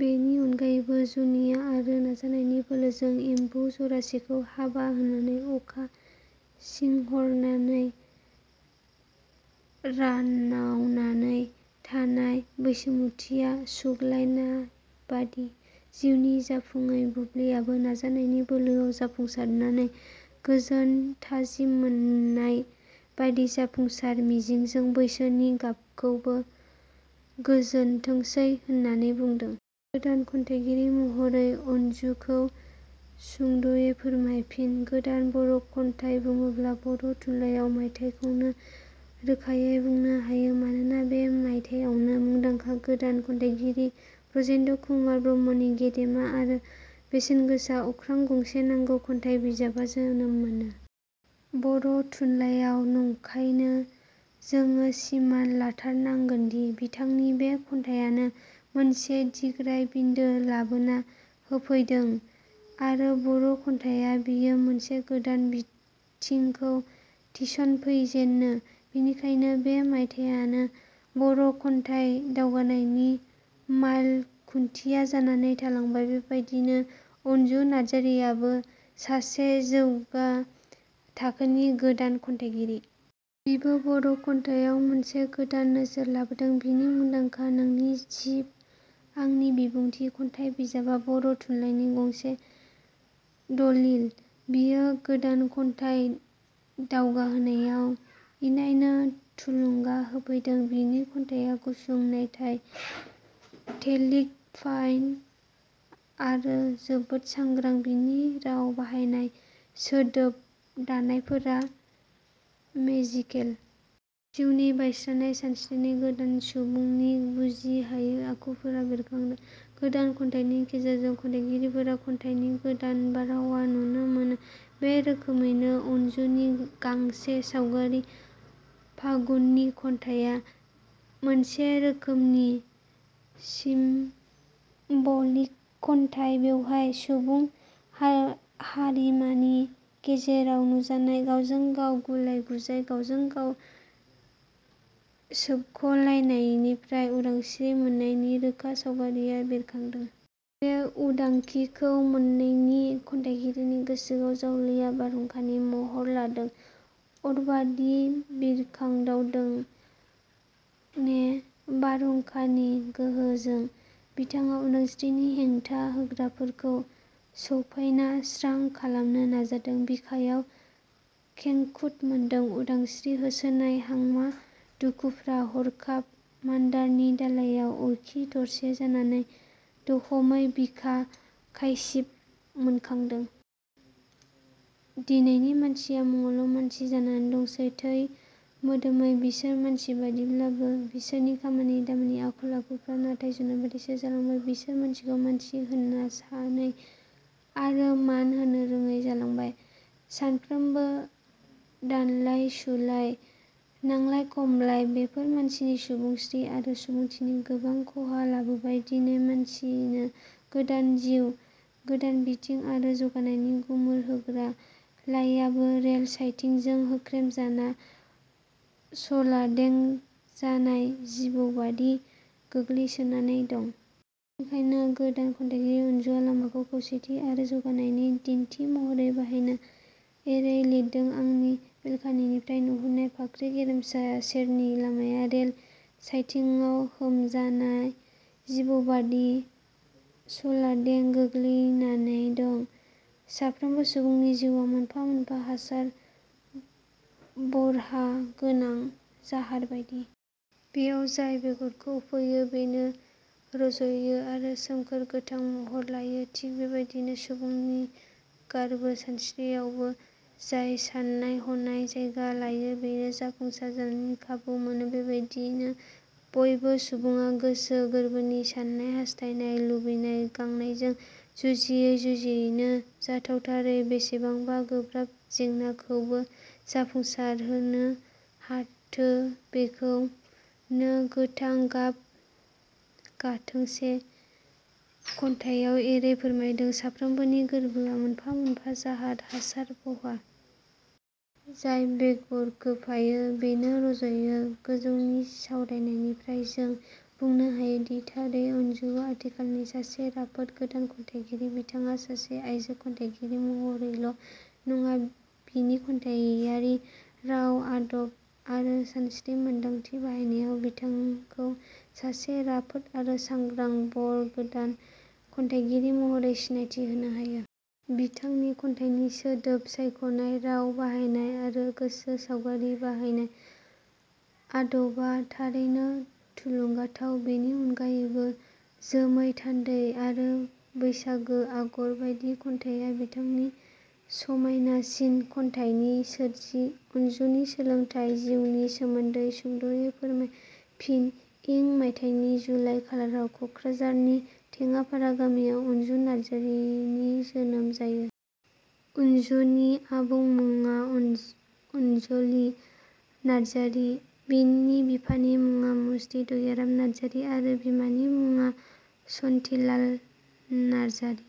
बेनि अनगायैबो जुजिनाय आरो नाजानायनि बोलोजों एम्बु जरासेखौ हाबा होनानै अखा सिंहरनानै रानावनानै थानाय बैसोमुथिया सुग्लायनायबादि जिउनि जाफुङै बुब्लियाबो नाजानायनि बोलो आव जाफुंसारनानै गोजोन थाजिम मोननाय बादि जाफुंसार मिजिंजों बैसोनि गोबखौबो गोजोनथोंसै होननानै बुंदों। गोदान खन्थाइगिरि महरै अन्जुखौ सुंदवै फोरमाय। फिन: गोदान बर' खन्थाइ बुङोब्ला बर' थुनलायाव मायथाइखौनो रोखायै बुंनो हायो। मानोना बे मायथायावनो मुदांखा गोदान खन्थाइगिरि ब्रजेन्द्र कुमार ब्रह्मनि गेदेमा आरो बेसेनगोसा अख्रां गंसे नांगौ खन्थाइ बिजाबा जोनोम मोनो। बर' थुनलायाव नंखायनो जोङो सिमान लाथारनांगोनदि बिथांनि बे खन्थाइयानो मोनसे दिग्राय बिन्दो लाबोना होफैदों आरो बर' खन्थायाव बियो मोनसे गोदान बिथिंखौ थिसनफैजेनो। बेनिखायनो बे मायथायानो बर' खन्थाइ दावगानायनि माइल खुन्थिया जानानै थालांबाय। बेबादिनो अनजु नार्जारीयाबो सासे जौगा थाखोनि गोदान खन्थाइगिरि। बिबो बर' खन्थाइयाव मोनसे गोदान नोजोर लाबोदों बिनि मुंदांखा नोंनि जिब आंनि बिबुथिं' खन्थाइ बिजाबा बर' थुनलाइनि गांसे दलिल। बियो गोदान 'खन्थाइ दावगाहोनायाव इनायनो थुलुंगा होफैदों। बिनि खन्थाइया गुसुं नाथाय टेलिक फाइड आरो जोबोद सांग्रा बिनि राव बाहायनाय, सोदोब दानायफोरा मेजिकेल। जिउनि बायस्रानाय सानस्त्रि, गोदान सुबुंनि बुजि हायै आखुफोरा बेरखादों। गोदान खन्थाइनि गेजेरजों खन्थाइगिरिफोरा खन्थाइनि गोदान बारहावा नुनो मोनो। बे रोखोमैनो अनजुनि गांसे सावगारि फागुननि खन्थाइया मोनसे रोखोमनि सिम्बलिक खन्थाइ बेवहाय सुबुं हारिमानि गेजेराव नुजानाय गावजों गाव गुलाय गुजाय, गावजों गाव सोबख'लायनायनिफ्राय उदांस्रि मोननायनि रोखा सावगारिया बेरखादों। बे उदांखिखौ मोनैनि खन्थाइगिरिनि गोसोआव जावलिया बारहुंखानि महर लादों अरखिबादि बिरखांदावदों ने बारहुंखानि गोहोजों बिथाङा उदांस्रिनि हेंथा होग्राफोरखौ सौफाइना स्रां खालामनो नाजादों बिखायाव खेंखुद मोनदों। उदांस्रि होसोनाय हांमा दुखुफ्रा हरखाब मानदारनि दालाइआव अरखि थरसे जानानै दहमै बिखा खायसिब मोनखांदों। " दिनैनि मानसिया मुङावल मानसि जानानै दंसै थै मोदोमै बिसोर मानसिबादि ब्लाबो बिसोरनि खामानि दामानि आखल आखुफ्रा नाथाय जुनादबादिसो जालांबाय बिसोर मानसिखौ मानसि होन्ना सानै आरो मान होनोरोङै जालांबाय सानफ्रोमो दानलाय सु-लाय, नांलाय-खमलाय बेफोर मानसिनि सुबुंस्रि आरो सुबुंथिनि गोबां खहा लाबोबाय दिनै मानसिनो गोदान जिउ, गोदान बिथिं आरो जौगानायनि गुमुर होग्रा लाययाबो रेल सायथिंजों होख्रेम जाना सलादें जानाय जिबौबादि गोग्लैसोनानै दं। बेखायनो गोदान खन्थाइगिरि अन्जुवा लामाखौ खोसेथि आरो जौगानायनि दिन्थि महरै बाहायना एरै लिरदों- आंनि बेलकनिनिफ्राय नुहरनाय फाख्रि गेरेमसा सेरनि लामाया रेल सायथिङाव होम जानाय जिबौबादि सलादें गोग्लैनाने दं। साफ्रोमबो सुबुंनि जिउवा मोनफा मोनफा हासार बरहा गोनां जाहारबादि। बेयाव जाय बेगरखौ फोयो बेनो रजयो आरो सोमखोर गोथां महर लायो थिग बेबादिनो सुबुंनि गोरबो सानस्रियावबो जाय साननाय हनाया जायगा लायो बेनो जाफुंसार जानायनि खाबु मोनो बेबादिनो बयबो सुबुङा गोसो गोरबोनि साननाय, हास्थायनाय, लुबैनाय-गांनायजों जुजियै जुजियैनो जाथावथारै बेसेबांबा गोब्राब जेंनाखौबो जाफुंसार होनो हाथो बेखौनो 'गोथां गाब गाथोंसै' खन्थायाव एरै फोरमायदों- 'साफ्रोमनिबो गोर्बोआ मोनफा मोनफा जाहार हासार-बहा। जाय बेगरखोफोयो बेनो रजयो। गोजौनि सावरायनायनिफ्राय जों बुंनो हायोदि थारैनो अनजुवा आथिखालनि सासे राफोद गोदान खन्थाइगिरि। बिथाङा सासे आइजो खन्थाइगिरि महरैल नङा बिनि खन्थाइयारि राव आदब आरो सानस्रि मोन्दांथि बाहायनायाव बिथांखौ सासे राफोद आरो सांग्रा बर गोदान खन्थाइगिरि महरै सिनायथि होनो हायो। बिथांनि खन्थाइनि सोदोब सायखनाय, राव बाहायनाय, आरो गोसो सावगारि बाहायनाय, आदबा थारैनो थुलुंगाथाव बेनि अनगायैबो, 'जोमै थान्दै' आरो 'बैसागो 'आगर बाइदि खन्थाइया बिथांनि समाइनासिन खन्थाइनि सोरजि अनजुनि सोलोंथाय जिवनि सोमोन्दै सुंदवै फोरमाय। फिन:इं मायथाइनि जुलाइ खालाराव कक्राझारनि टेङापारा गामियाव अन्जु नार्जारीनि जोनोम जायो। अनजुलि आबुं मुङा अन्जलि नार्जारी बिनि बिफानि मुङा मुस्रि दयाराम नार्जारी आरो बिमानि मुङा शन्तिलाल नारजारि।